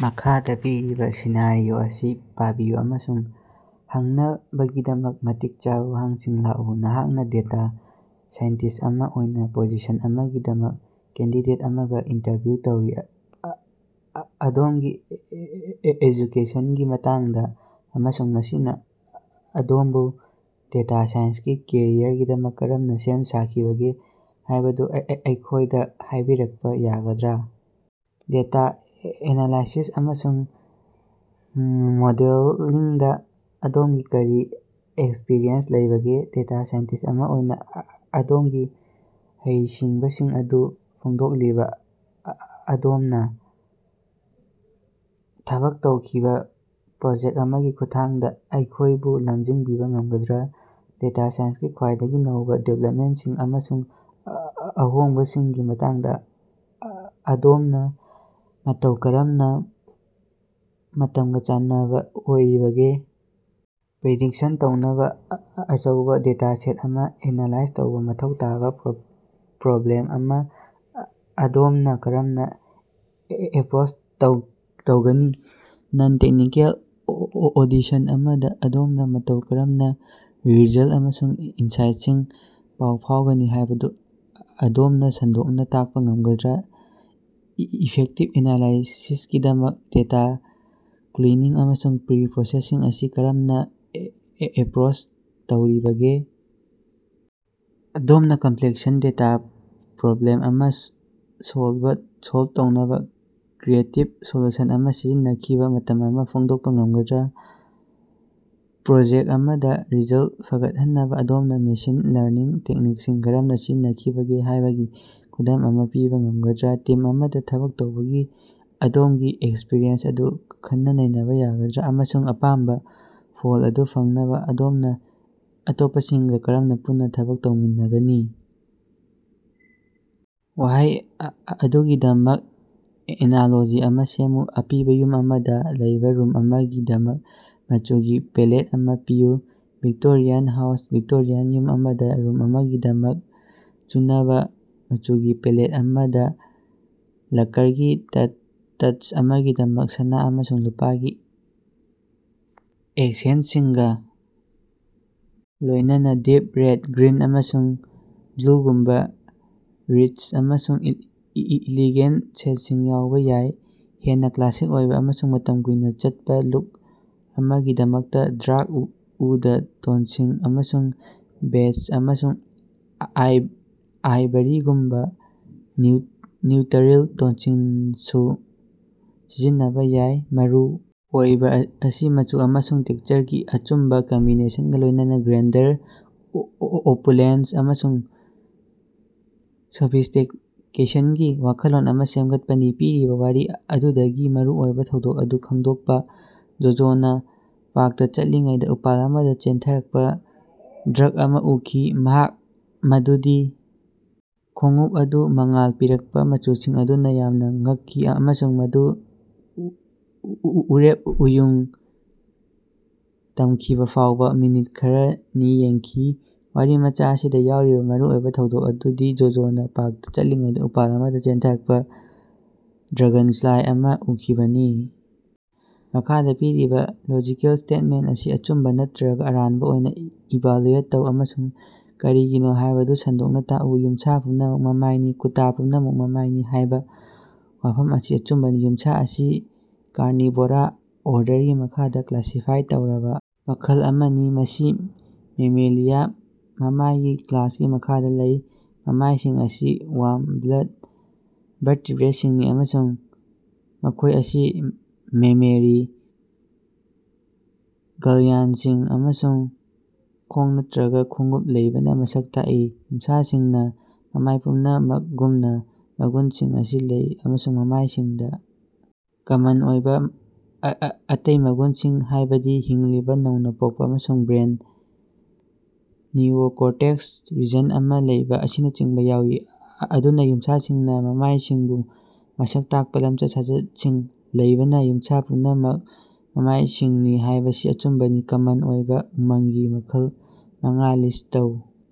ꯃꯈꯥꯗ ꯄꯤꯔꯤꯕ ꯁꯤꯅꯥꯔꯤꯑꯣ ꯑꯁꯤ ꯄꯥꯕꯤꯌꯨ ꯑꯃꯁꯨꯡ ꯍꯪꯅꯕꯒꯤꯗꯃꯛ ꯃꯇꯤꯛ ꯆꯥꯕ ꯋꯥꯍꯪꯁꯤꯡ ꯂꯥꯛꯎ꯫ ꯅꯍꯥꯛꯅ ꯗꯦꯇꯥ ꯁꯥꯏꯟꯇꯤꯁ ꯑꯃ ꯑꯣꯏꯅ ꯄꯣꯖꯤꯁꯟ ꯑꯃꯒꯤꯗꯃꯛ ꯀꯦꯟꯗꯤꯗꯦꯠ ꯑꯃꯒ ꯏꯟꯇꯔꯚ꯭꯭ꯌꯨ ꯇꯧꯔꯤ꯫ ꯑꯗꯣꯝꯒꯤ ꯑꯦꯖꯨꯀꯦꯁꯟꯒꯤ ꯃꯇꯥꯡꯗ ꯑꯃꯁꯨꯡ ꯃꯁꯤꯅ ꯑꯗꯣꯝꯕꯨ ꯗꯦꯇꯥ ꯁꯥꯏꯟꯁꯀꯤ ꯀꯦꯔꯤꯌꯔꯒꯤꯗꯃꯛ ꯀꯔꯝꯅ ꯁꯦꯝ ꯁꯥꯈꯤꯕꯒꯦ ꯍꯥꯏꯕꯗꯨ ꯑꯩꯈꯣꯏꯗ ꯍꯥꯏꯕꯤꯔꯛꯄ ꯌꯥꯒꯗ꯭꯭ꯔꯥ? ꯗꯦꯇꯥ ꯑꯦꯅꯥꯂꯥꯏꯁꯤꯁ ꯑꯃꯁꯨꯡ ꯃꯣꯗꯦꯂꯤꯡꯗ ꯑꯗꯣꯝꯒꯤ ꯀꯔꯤ ꯑꯦꯛꯁ꯭ꯄꯔꯤꯌꯦꯟꯁ ꯂꯩꯕꯒꯦ? ꯗꯦꯇꯥ ꯁꯥꯏꯟꯇꯤꯁ ꯑꯃ ꯑꯣꯏꯅ ꯑꯗꯣꯝꯒꯤ ꯍꯩꯁꯤꯡꯕꯁꯤꯡ ꯑꯗꯨ ꯐꯣꯡꯗꯣꯛꯂꯤꯕ ꯑꯗꯣꯝꯅ ꯊꯕꯛ ꯇꯧꯈꯤꯕ ꯄ꯭ꯔꯣꯖꯦꯛꯇ ꯑꯃꯒꯤ ꯈꯨꯠꯊꯥꯡꯗ ꯑꯩꯈꯣꯌꯕꯨ ꯂꯝꯖꯤꯡꯕꯤꯕ ꯉꯝꯒꯗ꯭ꯔ? ꯗꯦꯇꯥ ꯁꯥꯏꯟꯁꯀꯤ ꯈ꯭ꯋꯥꯏꯗꯒꯤ ꯅꯧꯕ ꯗꯤꯕꯦꯂꯞꯃꯦꯟꯇꯁꯤꯡ ꯑꯃꯁꯨꯡ ꯑꯍꯣꯡꯕꯁꯤꯡꯒꯤ ꯃꯇꯥꯡꯗ ꯑꯗꯣꯝꯅ ꯃꯇꯧ ꯀꯔꯝꯅ ꯃꯇꯝꯒ ꯆꯥꯟꯅꯕ ꯑꯣꯏꯔꯤꯕꯒꯦ? ꯄ꯭꯭ꯔꯤꯗꯤꯛꯁꯟ ꯇꯧꯅꯕ ꯑꯆꯧꯕ ꯗꯦꯇꯥꯁꯦꯠ ꯑꯃ ꯑꯦꯅꯥꯂꯥꯏꯖ ꯇꯧꯕ ꯃꯊꯧ ꯇꯥꯕ ꯄ꯭ꯔꯣꯕ꯭ꯂꯦꯝ ꯑꯃ ꯑꯗꯣꯝꯅ ꯀꯔꯝꯅ ꯑꯦꯄ꯭ꯔꯣꯆ ꯇꯧꯒꯅꯤ? ꯅꯟ-ꯇꯦꯛꯅꯤꯀꯦꯜ ꯑꯣꯗꯤꯁꯟ ꯑꯃꯗ ꯑꯗꯣꯝꯅ ꯃꯇꯧ ꯀꯔꯝꯅ ꯔꯤꯖꯜꯠ ꯑꯃꯁꯨꯡ ꯏꯟꯁꯥꯏꯠꯁꯤꯡ ꯄꯥꯎ ꯐꯥꯎꯒꯅꯤ ꯍꯥꯏꯕꯗꯨ ꯑꯗꯣꯝꯅ ꯁꯟꯗꯣꯛꯅ ꯇꯥꯛꯄ ꯉꯝꯒꯗ꯭ꯔꯥ? ꯏꯐꯦꯛꯇꯤꯚ ꯑꯦꯅꯥꯂꯥꯏꯁꯤꯁꯀꯤꯗꯃꯛ ꯗꯦꯇꯥ ꯀ꯭꯭ꯂꯤꯅꯤꯡ ꯑꯃꯁꯨꯡ ꯄ꯭ꯔꯤ-ꯄ꯭꯭ꯔꯣꯁꯦꯁꯤꯡ ꯑꯁꯤ ꯀꯔꯝꯅ ꯑꯦꯄ꯭ꯔꯣꯆ ꯇꯧꯔꯤꯕꯒꯦ? ꯑꯗꯣꯝꯅ ꯀꯝꯄꯂꯦꯛꯁ ꯗꯦꯇꯥ ꯄꯔꯣꯕ꯭꯭ꯂꯦꯝ ꯑꯃ ꯁꯣꯜꯕ ꯇꯧꯅꯕ ꯀ꯭꯭ꯔꯤꯌꯦꯇꯤꯕ ꯁꯣꯂꯨꯁꯟ ꯑꯃ ꯁꯤꯖꯤꯟꯅꯈꯤꯕ ꯃꯇꯝ ꯑꯃ ꯐꯣꯡꯗꯣꯛꯄ ꯉꯝꯒꯗ꯭ꯔꯥ? ꯄ꯭꯭ꯔꯣꯖꯦꯛꯇ ꯑꯃꯗ ꯔꯤꯖꯜꯇ ꯐꯒꯠꯍꯟꯅꯕ ꯑꯗꯣꯝꯅ ꯃꯦꯁꯤꯟ ꯂꯥꯔꯅꯤꯡ ꯇꯦꯛꯅꯤꯛꯁꯤꯡ ꯀꯔꯝꯅ ꯁꯤꯖꯤꯟꯅꯈꯤꯕꯒꯦ ꯍꯥꯏꯕꯒꯤ ꯈꯨꯗꯝ ꯑꯃ ꯄꯤꯕ ꯉꯝꯒꯗ꯭ꯔ? ꯇꯤꯝ ꯑꯃꯗ ꯊꯕꯛ ꯇꯧꯕꯒꯤ ꯑꯗꯣꯝꯒꯤ ꯑꯦꯛꯁ꯭ꯄꯔꯤꯌꯦꯟꯁ ꯑꯗꯨ ꯈꯟꯅ-ꯅꯩꯅꯕ ꯌꯥꯒꯗ꯭꯭ꯔ, ꯑꯃꯁꯨꯡ ꯑꯄꯥꯝꯕ ꯐꯜ ꯑꯗꯨ ꯐꯪꯅꯕ ꯑꯗꯣꯝꯅ ꯑꯇꯣꯞꯄꯁꯤꯡꯒ ꯀꯔꯝꯅ ꯄꯨꯟꯅ ꯊꯕꯛ ꯇꯧꯃꯤꯟꯒꯅꯤ? ꯋꯥꯍꯩ ꯑꯗꯨꯒꯤꯗꯃꯛ ꯑꯦꯅꯥꯂꯣꯖꯤ ꯑꯃ ꯁꯦꯝꯃꯨ꯫ ꯑꯄꯤꯕ ꯌꯨꯝ ꯑꯃꯗ ꯂꯩꯕ ꯔꯨꯝ ꯑꯃꯒꯤꯗꯃꯛ ꯃꯆꯨꯒꯤ ꯄꯦꯂꯦꯠ ꯑꯃ ꯄꯤꯌꯨ꯫ Victorian house. ꯚꯤꯛꯇꯣꯔꯤꯌꯥꯟ ꯌꯨꯝ ꯑꯃꯗ ꯔꯨꯝ ꯑꯃꯒꯤꯗꯃꯛ ꯆꯨꯅꯕ ꯃꯆꯨꯒꯤ ꯄꯦꯂꯦꯠ ꯑꯃꯗ ꯂꯛꯀꯔꯒꯤ ꯇꯆ ꯑꯃꯒꯤꯗꯃꯛ ꯁꯅꯥ ꯑꯃꯁꯨꯡ ꯂꯨꯄꯥꯒꯤ ꯑꯦꯀꯁꯦꯟꯠꯁꯤꯡꯒ ꯂꯣꯏꯅꯅ ꯗꯤꯞ ꯔꯦꯗ, ꯒ꯭꯭ꯔꯤꯟ, ꯑꯃꯁꯨꯡ ꯕ꯭꯭ꯂꯨꯒꯨꯝꯕ ꯔꯤꯆ ꯑꯃꯁꯨꯡ ꯏꯂꯤꯒꯦꯟꯇ ꯁꯦꯠꯁꯤꯡ ꯌꯥꯎꯕ ꯌꯥꯏ꯫ ꯍꯦꯟꯅ ꯀ꯭꯭ꯂꯥꯁꯤꯛ ꯑꯣꯏꯕ ꯑꯃꯁꯨꯡ ꯃꯇꯝ ꯀꯨꯏꯅ ꯆꯠꯄ ꯂꯨꯛ ꯑꯃꯒꯤꯗꯃꯛꯇ ꯗꯥ꯭ꯔꯛ ꯎꯗ ꯇꯣꯟꯁꯤꯡ ꯑꯃꯁꯨꯡ ꯕꯦꯖ ꯑꯃꯁꯨꯡ ꯑꯥꯏꯚꯔꯤꯒꯨꯝꯕ ꯅ꯭꯭ꯌꯨꯇꯔꯤꯜ ꯇꯣꯟꯁꯤꯡꯁꯨ ꯁꯤꯖꯤꯟꯅꯕ ꯌꯥꯏ꯫ ꯃꯔꯨ ꯑꯣꯏꯕ ꯑꯁꯤ ꯃꯆꯨ ꯑꯃꯁꯨꯡ ꯇꯦꯛꯁꯆꯔꯒꯤ ꯑꯆꯨꯝꯕ ꯀꯝꯕꯤꯅꯦꯁꯟꯒ ꯂꯣꯏꯅꯅ ꯒ꯭ꯔꯦꯟꯗꯔ, ꯑꯣꯄꯨꯂꯦꯟꯁ ꯑꯃꯁꯨꯡ ꯁꯣꯐꯤꯁ꯭ꯇꯤꯀꯦꯁꯟꯒꯤ ꯋꯥꯈꯜꯂꯣꯟ ꯑꯃ ꯁꯦꯝꯒꯠꯄꯅꯤ꯫ ꯄꯤꯔꯤꯕ ꯋꯥꯔꯤ ꯑꯗꯨꯗꯒꯤ ꯃꯔꯨꯑꯣꯏꯕ ꯊꯧꯗꯣꯛ ꯑꯗꯨ ꯈꯪꯗꯣꯛꯄ꯫ ꯖꯣꯖꯣꯅ ꯄꯥꯔꯛꯇ ꯆꯠꯂꯤꯉꯩꯗ ꯎꯄꯥꯜ ꯑꯃꯗ ꯆꯦꯟꯊꯔꯛꯄ ꯗ꯭ꯔꯒ ꯑꯃ ꯎꯈꯤ꯫ ꯃꯍꯥꯛ ꯃꯗꯨꯒꯤ ꯈꯣꯡꯎꯞ ꯑꯗꯨ ꯃꯉꯥꯜ ꯄꯤꯔꯛꯄ ꯃꯆꯨꯁꯤꯡ ꯑꯗꯨꯅ ꯌꯥꯝꯅ ꯉꯛꯈꯤ ꯑꯃꯁꯨꯡ ꯃꯗꯨ ꯎꯔꯦꯞ ꯎꯌꯨꯡ ꯇꯝꯈꯤꯕ ꯐꯥꯎꯕ ꯃꯤꯅꯤꯠ ꯈꯔꯅꯤ ꯌꯦꯡꯈꯤ꯫ ꯋꯥꯔꯤꯃꯆꯥ ꯑꯁꯤꯗ ꯌꯥꯎꯔꯤꯕ ꯃꯔꯨ ꯑꯣꯏꯕ ꯊꯧꯗꯣꯛ ꯑꯗꯨꯗꯤ ꯖꯣꯖꯣꯅꯥ ꯄꯥꯔꯛꯇꯥ ꯆꯠꯂꯤꯉꯩꯗ ꯎꯄꯥꯜ ꯑꯃꯗ ꯆꯦꯟꯊꯔꯛꯄ ꯗ꯭ꯔꯒꯟꯐ꯭ꯂꯥꯏ ꯑꯃ ꯎꯈꯤꯕꯅꯤ꯫ ꯃꯈꯥꯗ ꯄꯤꯔꯤꯕ ꯂꯣꯖꯤꯀꯦꯜ ꯁ꯭ꯇꯦꯠꯃꯦꯟꯇ ꯑꯁꯤ ꯑꯆꯨꯝꯕ ꯅꯠꯇꯔꯒ ꯑꯔꯥꯟꯕ ꯑꯣꯏꯅ ꯏꯚꯥꯂ꯭ꯌꯨꯑꯦꯠ ꯇꯧ ꯑꯃꯁꯨꯡ ꯀꯔꯤꯒꯤꯅꯣ ꯍꯥꯏꯕꯗꯨ ꯁꯟꯗꯣꯛꯅ ꯇꯥꯛꯎ: ꯌꯨꯝꯁꯥ ꯄꯨꯝꯅꯃꯛ ꯃꯃꯥꯏꯅꯤ꯫ "ꯀꯨꯠꯇꯥ ꯄꯨꯝꯅꯃꯛ ꯃꯃꯥꯏꯅꯤ" ꯍꯥꯏꯕ ꯋꯥꯐꯝ ꯑꯁꯤ ꯑꯆꯨꯝꯕꯅꯤ꯫ ꯌꯨꯝꯁꯥ ꯑꯁꯤ ꯀꯥꯔꯅꯤꯚꯣꯔꯥ ꯑꯣꯔꯗꯔꯒꯤ ꯃꯈꯥꯗ ꯀ꯭꯭ꯂꯥꯁꯤꯐꯥꯏ ꯇꯧꯔꯕ ꯃꯈꯜ ꯑꯃꯅꯤ, ꯃꯁꯤ ꯃꯦꯃꯦꯂꯤꯌꯥ ꯃꯃꯥꯏꯒꯤ ꯀ꯭꯭ꯂꯥꯁꯀꯤ ꯃꯈꯥꯗ ꯂꯩ꯫ ꯃꯃꯥꯏꯁꯤꯡ ꯑꯁꯤ ꯋꯥꯔꯝ ꯕ꯭ꯂꯗ ꯚꯔꯇꯤꯕ꯭ꯔꯦꯠꯁꯤꯡꯅꯤ ꯑꯃꯁꯨꯡ ꯃꯈꯣꯏ ꯑꯁꯤ ꯃꯦꯃꯦꯔꯤ ꯒ꯭ꯜꯌꯥꯟꯗꯁꯤꯡ ꯑꯃꯁꯨꯡ ꯈꯣꯡ ꯅꯠꯇꯔꯒ ꯈꯣꯡꯎꯞ ꯂꯩꯕꯅ ꯃꯁꯛ ꯇꯥꯛꯏ꯫ ꯌꯝꯁꯥꯁꯤꯡꯅ, ꯃꯃꯥꯏ ꯄꯨꯝꯅꯃꯛꯒꯨꯝꯅ, ꯃꯒꯨꯟꯁꯤꯡ ꯑꯁꯤ ꯂꯩ ꯑꯃꯁꯨꯡ ꯃꯃꯥꯏꯁꯤꯡꯗ ꯀꯃꯟ ꯑꯣꯏꯕ ꯑꯇꯩ ꯃꯒꯨꯟꯁꯤꯡ, ꯍꯥꯏꯕꯗꯤ ꯍꯤꯡꯂꯤꯕ ꯅꯧꯅ ꯄꯣꯛꯄ ꯑꯃꯁꯨꯡ ꯕ꯭ꯔꯦꯟꯗ ꯅꯤꯑꯣꯀꯣꯔꯇꯦꯛꯁ ꯔꯤꯖꯟ ꯑꯃ ꯂꯩꯕ ꯑꯁꯤꯅꯆꯤꯡꯕꯥ ꯌꯥꯎꯏ꯫ ꯑꯗꯨꯅ, ꯌꯨꯝꯁꯥꯁꯤꯡꯅ ꯃꯃꯥꯏꯁꯤꯡꯕꯨ ꯃꯁꯛ ꯇꯥꯛꯄ ꯂꯝꯆꯠ-ꯁꯥꯖꯠꯁꯤꯡ ꯂꯩꯕꯅ, ꯌꯨꯝꯁꯥ ꯄꯨꯝꯅꯃꯛ ꯃꯃꯥꯏꯁꯤꯡꯅꯤ ꯍꯥꯏꯕꯁꯤ ꯑꯆꯨꯝꯕꯅꯤ꯫ ꯀꯃꯟ ꯑꯣꯏꯕ ꯎꯃꯪꯒꯤ ꯃꯈꯜ ꯃꯉꯥ ꯂꯤꯁ꯭ꯠ ꯇꯧ꯫